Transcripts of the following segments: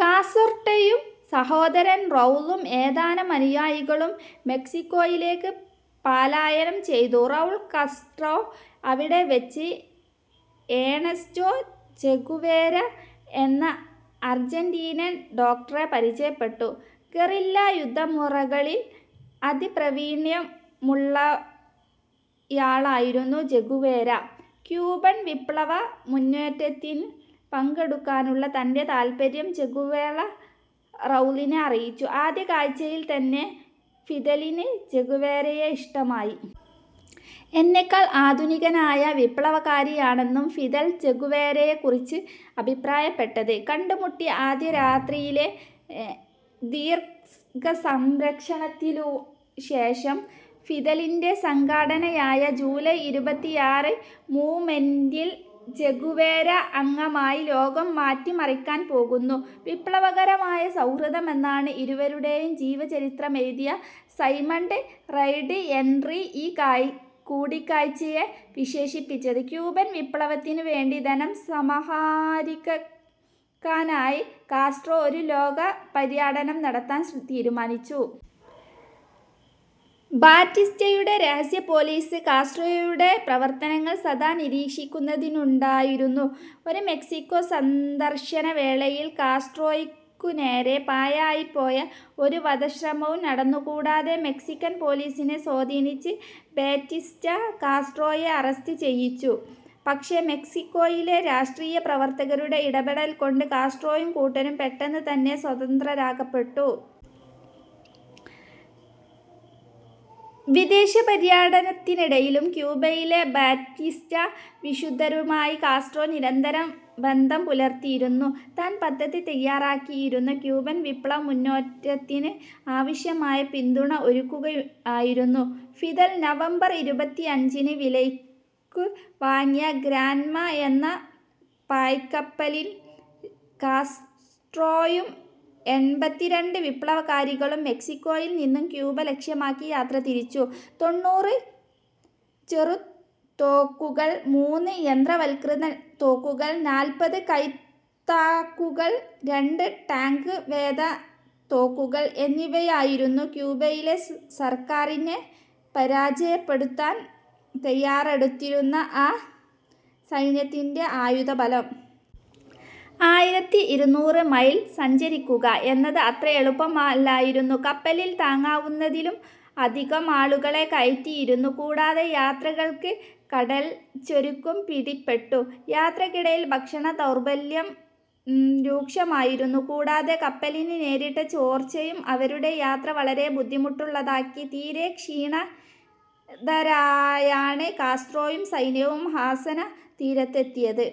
കാസ്ട്രോയും സഹോദരൻ റൗളും ഏതാനം അനുയായികളും മെക്സിക്കോയിലേക്ക് പലായനം ചെയ്തു. റൗൾ കാസ്ട്രോ അവിടെവെച്ച് ഏണസ്റ്റോ ചെഗുവേര എന്ന അർജന്റീനിയൻ ഡോക്ടറെ പരിചയപ്പെട്ടു. ഗറില്ലാ യുദ്ധമുറകളിൽ അതിപ്രാവീണ്യമുള്ളയാളായിരുന്നു ചെഗുവേര. ക്യൂബൻ വിപ്ലവമുന്നേറ്റത്തിൽ പങ്കെടുക്കാനുള്ള തൻ്റെ താൽപര്യം ചെഗുവേര റൗളിനെ അറിയിച്ചു. ആദ്യ കാഴ്ചയിൽത്തന്നെ ഫിദലിന് ചെഗുവേരയെ ഇഷ്ടമായി. എന്നേക്കാൾ ആധുനികനായ വിപ്ലവകാരിയാണെന്നും ഫിദൽ ചെഗുവേരയെക്കുറിച്ച് അഭിപ്രായപ്പെട്ടത്. കണ്ടുമുട്ടിയ ആദ്യരാത്രിയിലെ ദീർഘസംരക്ഷണത്തിനുശേഷം ഫിദലിൻ്റെ സംഘടനയായ ജൂലൈ ഇരുപത്തിയാറ് മൂവ്മെൻറ്റിൽ ചെഗുവേര അംഗമായി. ലോകം മാറ്റിമറിക്കാൻ പോകുന്നു വിപ്ലവകരമായ സൗഹൃദമെന്നാണ് ഇരുവരുടെയും ജീവചരിത്രമെഴുതിയ സൈമണ്ട് റെഡ് ഹെൻട്രി ഈ കൂടിക്കാഴ്ചയെ വിശേഷിപ്പിച്ചത്. ക്യൂബൻ വിപ്ലവത്തിനുവേണ്ടി ധനം സമാഹരിക്കാനായി കാസ്ട്രോ ഒരു ലോകപര്യടനം നടത്താൻ തീരുമാനിച്ചു. ബാറ്റിസ്റ്റയുടെ രഹസ്യ പോലീസ് കാസ്ട്രോയുടെ പ്രവർത്തനങ്ങൾ സദാ നിരീക്ഷിക്കുന്നതിന്നുണ്ടായിരുന്നു. ഒരു മെക്സിക്കോ സന്ദർശനവേളയിൽ കാസ്ട്രോയ്ക്കുനേരെ പാഴായിപ്പോയ ഒരു വധശ്രമവും നടന്നു. കൂടാതെ, മെക്സിക്കൻ പോലീസിനെ സ്വാധീനിച്ച് ബാറ്റിസ്റ്റ കാസ്ട്രോയെ അറസ്റ്റ് ചെയ്യിച്ചു. പക്ഷേ, മെക്സിക്കോയിലെ രാഷ്ട്രീയ പ്രവർത്തകരുടെ ഇടപെടൽ കൊണ്ട് കാസ്ട്രോയും കൂട്ടരും പെട്ടെന്ന് തന്നെ സ്വതന്ത്രരാക്കപ്പെട്ടു. വിദേശപര്യടനത്തിനിടയിലും ക്യൂബയിലെ ബാറ്റിസ്റ്റ വിശുദ്ധരുമായി കാസ്ട്രോ നിരന്തരബന്ധം പുലർത്തിയിരുന്നു. താൻ പദ്ധതി തയ്യാറാക്കിയിരുന്ന ക്യൂബൻ വിപ്ലവമുന്നേറ്റത്തിന് ആവശ്യമായ പിന്തുണ ഒരുക്കുകയായിരുന്നു ഫിദൽ. നവംബർ ഇരുപത്തിയഞ്ചിന് വിലയ്ക്കു വാങ്ങിയ ഗ്രാൻമ എന്ന പായ്ക്കപ്പലിൽ കാസ്ട്രോയും എൺപത്തിരണ്ട് വിപ്ലവകാരികളും മെക്സിക്കോയിൽ നിന്ന് ക്യൂബ ലക്ഷ്യമാക്കി യാത്രതിരിച്ചു. തൊണ്ണൂറ് ചെറുതോക്കുകൾ മൂന്ന് യന്ത്രവൽകൃത തോക്കുകൾ നാൽപ്പത് കൈത്തക്കുകൾ രണ്ട് ടാങ്ക് വേധ തോക്കുകൾ എന്നിവയായിരുന്നു ക്യൂബയിലെ സർക്കാരിനെ പരാജയപ്പെടുത്താൻ തയ്യാറെടുത്തിരുന്ന ആ സൈന്യത്തിൻ്റെ ആയുധബലം. ആയിരത്തി ഇരുനൂറ് മൈൽ സഞ്ചരിക്കുക എന്നത് അത്ര എളുപ്പമല്ലായിരുന്നു. കപ്പലിൽ താങ്ങാവുന്നതിലും അധികം ആളുകളെ കയറ്റിയിരുന്നു. കൂടാതെ, യാത്രികർക്ക് കടൽച്ചൊരുക്കും പിടിപെട്ടു. യാത്രക്കിടയിൽ ഭക്ഷണദൗർലഭ്യം രൂക്ഷമായിരുന്നു. കൂടാതെ, കപ്പലിന് നേരിട്ട ചോർച്ചയും അവരുടെ യാത്ര വളരെ ബുദ്ധിമുട്ടുള്ളതാക്കി. തീരെ ക്ഷീണിതരായാണ് കാസ്ട്രോയും സൈന്യവും ഹസന തീരത്ത് എത്തിയത്.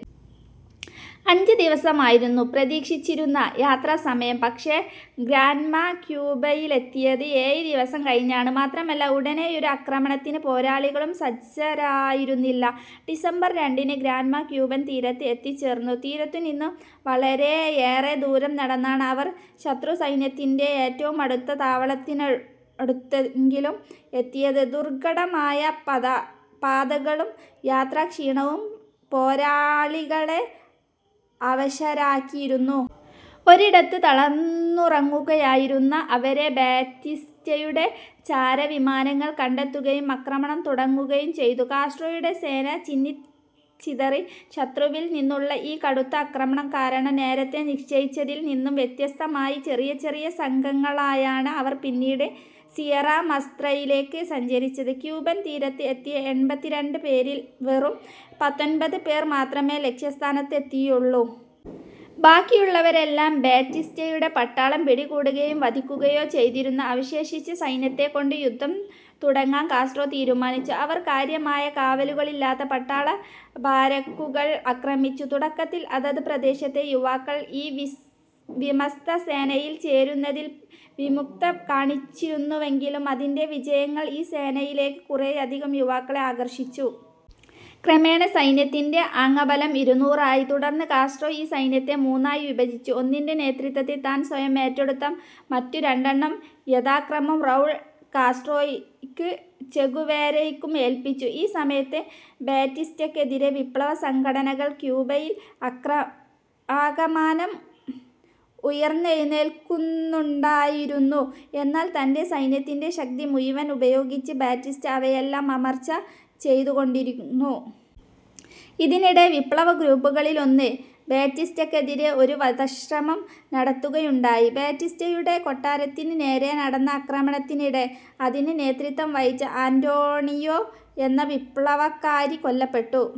അഞ്ച് ദിവസമായിരുന്നു പ്രതീക്ഷിച്ചിരുന്ന യാത്രാസമയം. പക്ഷേ ഗ്രാൻമ ക്യൂബയിലെത്തിയത് ഏഴ് ദിവസം കഴിഞ്ഞാണ്. മാത്രമല്ല ഉടനെയൊരു ആക്രമണത്തിന് പോരാളികളും സജ്ജരായിരുന്നില്ല. ഡിസംബർ രണ്ടിന് ഗ്രാൻമ ക്യൂബൻ തീരത്ത് എത്തിച്ചേർന്നു. തീരത്തുനിന്ന് വളരെയേറെ ദൂരം നടന്നാണ് അവർ ശത്രുസൈന്യത്തിൻ്റെ ഏറ്റവും അടുത്ത താവളത്തിനടുത്തെങ്കിലും എത്തിയത്. ദുർഘടമായ പാതകളും യാത്രാക്ഷീണവും പോരാളികളെ അവശരാക്കിയിരുന്നു. ഒരിടത്ത് തളർന്നുറങ്ങുകയായിരുന്ന അവരെ ബാറ്റിസ്റ്റയുടെ ചാരവിമാനങ്ങൾ കണ്ടെത്തുകയും ആക്രമണം തുടങ്ങുകയും ചെയ്തു. കാസ്ട്രോയുടെ സേന ചിന്നിച്ചിതറി. ശത്രുവിൽ നിന്നുള്ള ഈ കടുത്ത ആക്രമണം കാരണം നേരത്തേ നിശ്ചയിച്ചതിൽ നിന്ന് വ്യത്യസ്തമായി ചെറിയ ചെറിയ സംഘങ്ങളായാണ് അവർ പിന്നീട് സിയറ മസ്ത്രയിലേക്ക് സഞ്ചരിച്ചത്. ക്യൂബൻ തീരത്ത് എത്തിയ എൺപത്തിരണ്ട് പേരിൽ വെറും പത്തൊൻപത് പേർ മാത്രമേ ലക്ഷ്യസ്ഥാനത്ത് എത്തിയുള്ളു. ബാക്കിയുള്ളവരെയെല്ലാം ബാറ്റിസ്റ്റയുടെ പട്ടാളം പിടികൂടുകയോ വധിക്കുകയോ ചെയ്തിരുന്നു. അവശേഷിച്ച സൈന്യത്തെക്കൊണ്ട് യുദ്ധം തുടങ്ങാൻ കാസ്ട്രോ തീരുമാനിച്ചു. അവർ കാര്യമായ കാവലുകളില്ലാത്ത പട്ടാള ബാരക്കുകൾ ആക്രമിച്ചു. തുടക്കത്തിൽ അതത് പ്രദേശത്തെ യുവാക്കൾ ഈ വിമതസേനയിൽ ചേരുന്നതിൽ വിമുഖത കാണിച്ചിരുന്നുവെങ്കിലും, അതിൻ്റെ വിജയങ്ങൾ ഈ സേനയിലേക്ക് കുറെയധികം യുവാക്കളെ ആകർഷിച്ചു. ക്രമേണ സൈന്യത്തിൻ്റെ അംഗബലം ഇരുന്നൂറായി. തുടർന്ന് കാസ്ട്രോ ഈ സൈന്യത്തെ മൂന്നായി വിഭജിച്ചു. ഒന്നിൻ്റെ നേതൃത്വം താൻ സ്വയം ഏറ്റെടുത്ത് മറ്റു രണ്ടെണ്ണം യഥാക്രമം റൗൾ കാസ്ട്രോയ്ക്കും ചെഗുവേരയ്ക്കും ഏൽപ്പിച്ചു. ഈ സമയത്ത് ബാറ്റിസ്റ്റക്കെതിരെ വിപ്ലവസംഘടനകൾ ക്യൂബയിൽ ആകമാനം ഉയിർത്തെഴുന്നേൽക്കുന്നുണ്ടായിരുന്നു. എന്നാൽ തൻ്റെ സൈന്യത്തിൻ്റെ ശക്തി മുഴുവൻ ഉപയോഗിച്ച് ബാറ്റിസ്റ്റ അവരെയെല്ലാം അമർച്ച ചെയ്തുകൊണ്ടിരുന്നു. ഇതിനിടയ്ക്ക് വിപ്ലവഗ്രൂപ്പുകളിലൊന്ന് ബാറ്റിസ്റ്റക്കെതിരെ ഒരു വധശ്രമം നടത്തുകയുണ്ടായി. ബാറ്റിസ്റ്റയുടെ കൊട്ടാരത്തിന് നേരെ നടന്ന ആക്രമണത്തിനിടെ അതിന് നേതൃത്വം വഹിച്ച ആന്റോണിയോ എന്ന വിപ്ലവകാരി കൊല്ലപ്പെട്ടു.